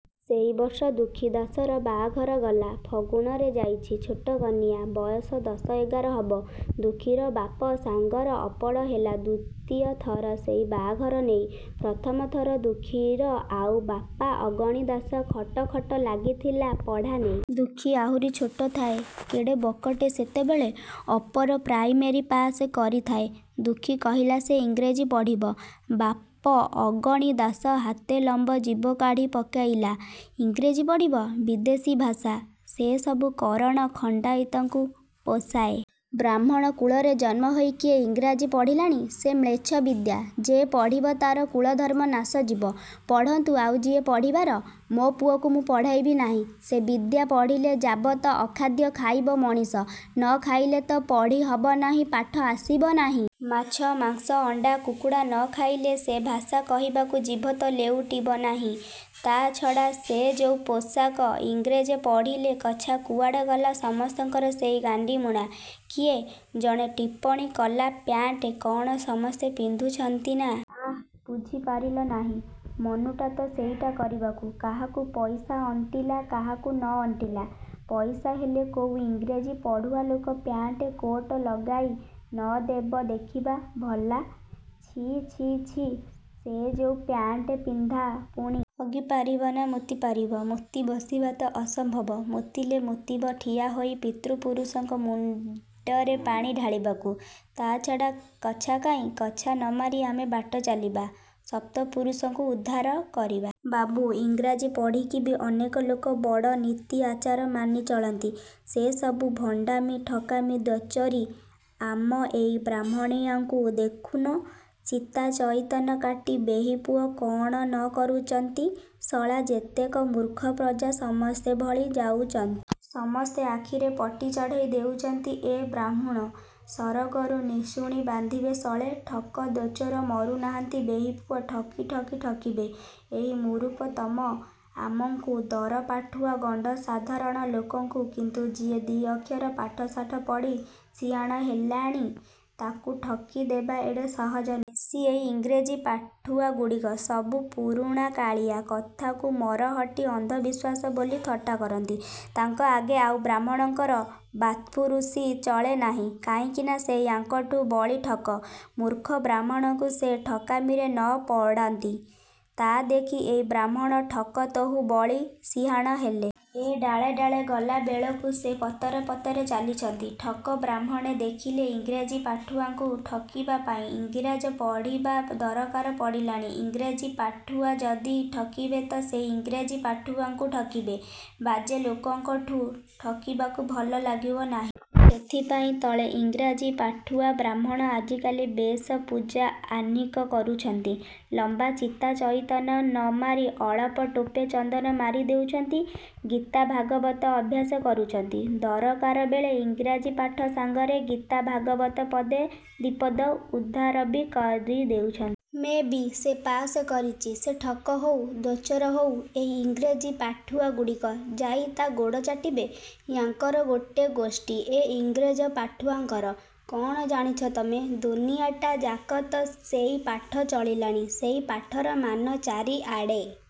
ସେଇ ବର୍ଷ ଦୁଃଖୀ ଦାଶର ବାହାଘର ଗଲା ଫଗୁଣରେ ଯାଇଚି। ଛୋଟ କନିଆ। ବୟସ ଦଶ ଏଗାର ହବ। ଦୁଃଖୀର ବାପ ସାଙ୍ଗରେ ଅପଡ଼ ହେଲା ଦ୍ୱିତୀୟ ଥର ସେଇ ବାହାଘର ନେଇ। ପ୍ରଥମ ଥର ଦୁଃଖୀର ଆଉ ବାପ ଅଗଣି ଦାଶର ଖଟ ଖଟ ଲାଗିଥିଲା ପଢ଼ା ନେଇ। ଦୁଃଖୀ ଆହୁରି ଛୋଟ ଥାଏ। କେଡ଼େ ବକଟେ ସେତେବେଳେ ଅପର ପ୍ରାଇମେରୀ ପାଶ୍ କରିଥାଏ। ଦୁଃଖୀ କହିଲା ସେ ଇଂରେଜୀ ପଢ଼ିବ। ବାପ ଅଗଣି ଦାଶ ହାତେ ଲମ୍ୱ ଜିଭ କାଢ଼ି ପକେଇଲା। ଇଂରେଜୀ ପଢ଼ିବ? ବିଦେଶୀ ଭାଷା। ସେ ସବୁ କରଣ ଖଣ୍ତାଇତଙ୍କୁ ପୋଷାଏ। ବାହ୍ମୁଣ କୁଳରେ ଜନ୍ମ ହେଇ କିଏ ଇଂରେଜୀ ପଢ଼ିଲାଣି? ସେ ମ୍ଳେଚ୍ଛ ବିଦ୍ୟା। ଯେ ପଢ଼ିବ ତା'ର କୁଳଧର୍ମ ନାଶ ଯିବ। ପଢ଼ନ୍ତୁ ଆଉ ଯିଏ ପଢ଼ିବାର। ମୋ ପୁଅକୁ ମୁଁ ପଢ଼େଇବି ନାହିଁ। ସେ ବିଦ୍ୟା ପଢ଼ିଲେ ଯାବତ୍ ଅଖାଦ୍ୟ ଖାଇବ ମଣିଷ। ନ ଖାଇଲେ ତ ପଢ଼ି ହବ ନାହିଁ ପାଠ ଆସିବ ନାହିଁ। ମାଛ, ମାଂସ, ଅଣ୍ତା, କୁକୁଡ଼ା ନ ଖାଇଲେ ସେ ଭାଷା କହିବାକୁ ଜିଭ ତ ଲେଉଟିବ ନାହିଁ। ତା ଛଡ଼ା ସେ ଯେଉଁ ପୋଷାକ! ଇଂରେଜ ପଢ଼ିଲେ କଛା କୁଆଡ଼େ ଗଲା ସମସ୍ତଙ୍କର ସେଇ ଗାଣ୍ତିମୁଣା। କିଏ। ଜଣେ ଟିପ୍ପଣୀ କଲା ପ୍ୟାଣ୍ଟ କ'ଣ ସମସ୍ତେ ପିନ୍ଧୁଛନ୍ତିନା। ଆଃ, ବୁଝି ପାରିଲ ନାହିଁ ମନୁଟାତ ସେଇଟା କରିବାକୁ। କାହାକୁ ପଇସା ଅଣ୍ଟିଲା କାହାକୁ ନ ଅଣ୍ଟିଲା। ପଇସା ହେଲେ କୋଉ ଇଂରେଜୀ ପଢ଼ୁଆ ଲୋକ ପ୍ୟାଣ୍ଟ କୋଟ୍ ଲଗେଇ ନ ଦେବ ଦେଖିବା ଭଲା। ଛି, ଛି, ଛି ସେ ଯେଉଁ ପ୍ୟାଣ୍ଟ ପିନ୍ଧା ପୁଣି। ହଗି ପାରିବ ନା ମୂତି ପାରିବ ମୂତି ବସିବା ତ ଅସମ୍ଭବ। ମୂତିଲେ ମୂତିବ ଠିଆ ହୋଇ ପିତୃ ପୁରୁଷଙ୍କ ମୁଣ୍ତରେ ପାଣି ଢାଳିବାକୁ । ତା' ଛଡ଼ା କଛା କାହିଁ କଛା ନ ମାରି ଆମେ ବାଟ ଚାଲିବା? ସପ୍ତ ପୁରୁଷଙ୍କୁ ଉଦ୍ଧାର କରିବା? ବାବୁ, ଇଂରାଜୀ ପଢ଼ିକିବି ଅନେକ ଲୋକ ବଡ଼ ନୀତି ଆଚାର ମାନି ଚଳନ୍ତି। ସେ ସବୁ ଭଣ୍ତାମି ଠକାମି ଦ୍ୱାଚୋରି। ଆମ ଏଇ ବାହ୍ମୁଣିଆଙ୍କୁ ଦେଖୁନ ଚିତା ଚଇତନ କାଟି ବେହିପୁଅ କ'ଣ ନ କରୁଚନ୍ତି। ଶଳା ଯେତେକ ମୂର୍ଖ ପ୍ରଜା ସମସ୍ତେ ଭଳି ଯାଉଚନ୍ତି । ସମସ୍ତେ ଆଖିରେ ପଟି ଚଢ଼େଇ ଦେଉଚନ୍ତି ଏ ବାହ୍ମୁଣ। ସରଗକୁ ନିଶୁଣି ବାନ୍ଧିବେ ଶଳେ ଠକ ଦ୍ୱାଚୋର ମରୁ ନାହାନ୍ତି। ବେହିପୁଅ ଠକି ଠକି ଠକିବେ ଏଇ ମୂରୁପ ତମ ଆମଙ୍କୁ ଦରପାଠୁଆ ଗଣ୍ତ ସାଧାରଣ ଲୋକଙ୍କୁ କିନ୍ତୁ ଯିଏ ଦି ଅକ୍ଷର ପାଠ ଶାଠ ପଢ଼ି ସିହାଣ ହେଲାଣି ତାକୁ ଠକି ଦେବା ଏଡ଼େ ସହଜ ନୁହେଁ। ବେଶି ଏଇ ଇଂରେଜୀ ପାଠୁଆଗୁଡ଼ିକ ସବୁ ପୁରୁଣାକାଳିଆ କଥାକୁ ମରହଟ୍ଟି ଅନ୍ଧବିଶ୍ୱାସ ବୋଲି ଥଟ୍ଟା କରନ୍ତି। ତାଙ୍କ ଆଗେ ଆଉ ବାହ୍ମୁଣଙ୍କ ବାତ୍ଫୁରୁସି ଚଳେ ନାହିଁ। କାହିଁକିନା ସେ ୟାଙ୍କଠୁ ବଳି ଠକ। ମୂର୍ଖ ବାହ୍ମୁଣଙ୍କୁ ସେ ଠକାମିରେ ନ ପଡ଼ନ୍ତି। ତା ଦେଖି ଏଇ ବାହ୍ମୁଣ ଠକ ତହୁଁ ବଳି ସିହାଣ ହେଲେ। ଏ ଡାଳେ ଡାଳେ ଗଲାବେଳକୁ ସେ ପତରେ ପତରେ ଚାଲିଛନ୍ତି। ଠକ ବାହ୍ମୁଣେ ଦେଖିଲେ ଇଂରାଜୀ ପାଠୁଆଙ୍କୁ ଠକିବାପାଇଁ ଇଂରାଜ ପଢ଼ିବା ଦରକାର ପଡ଼ିଲାଣି। ଇଂରେଜୀ ପାଠୁଆ ଯଦି ଠକିବେ ତ ସେଇ ଇଂରାଜୀ ପାଠୁଆଙ୍କଠୁ ଠକିବେ । ବାଜେ ଲୋକଙ୍କଠୁ ଠକିବାକୁ ଭଲ ଲାଗିବ ନାହିଁ। ସେଥିପାଇଁ ଦଳେ ଇଂରେଜୀ ପାଠୁଆ ବାହ୍ମୁଣ ଆଜିକାଲି ବେଶ ପୂଜା ଆହ୍ନିକ କରୁଛନ୍ତି। ଲମ୍ବା ଚିତା ଚଇତନ ନ ମାରି ଅଳପ ଟୋପେ ଚନ୍ଦନ ମାରି ଦେଉଛନ୍ତି। ଗୀତା ଭାଗବତ ଅଭ୍ୟାସ କରୁଛନ୍ତି। ଦରକାରବେଳେ ଇଂରେଜୀ ପାଠ ସାଙ୍ଗରେ ଗୀତା ଭାଗବତ ପଦେ ଦିପଦ ଉଦ୍ଧାରବି କରି ଦେଉଛନ୍ତି। ମେ. ବି. ସେ ପାସ କରିଚି ସେ ଠକ ହଉ, ଦ୍ୱାଚୋର ହଉ, ଏଇ ଇଂରାଜୀ ପାଠୁଆଗୁଡ଼ିକ ଯାଇ ତା ଗୋଡ଼ ଚାଟିବେ। ୟାଙ୍କର ଗୋଟେ ଗୋଷ୍ଠୀ ଏ ଇଂରେଜ ପାଠୁଆଙ୍କର। କଣ ଜାଣିଚ ତମେ ଦୁନିଆଟା ଯାକ ତ ସେଇ ପାଠ ଚଳିଲାଣି ସେଇ ପାଠର ମାନ ଚାରିଆଡ଼େ।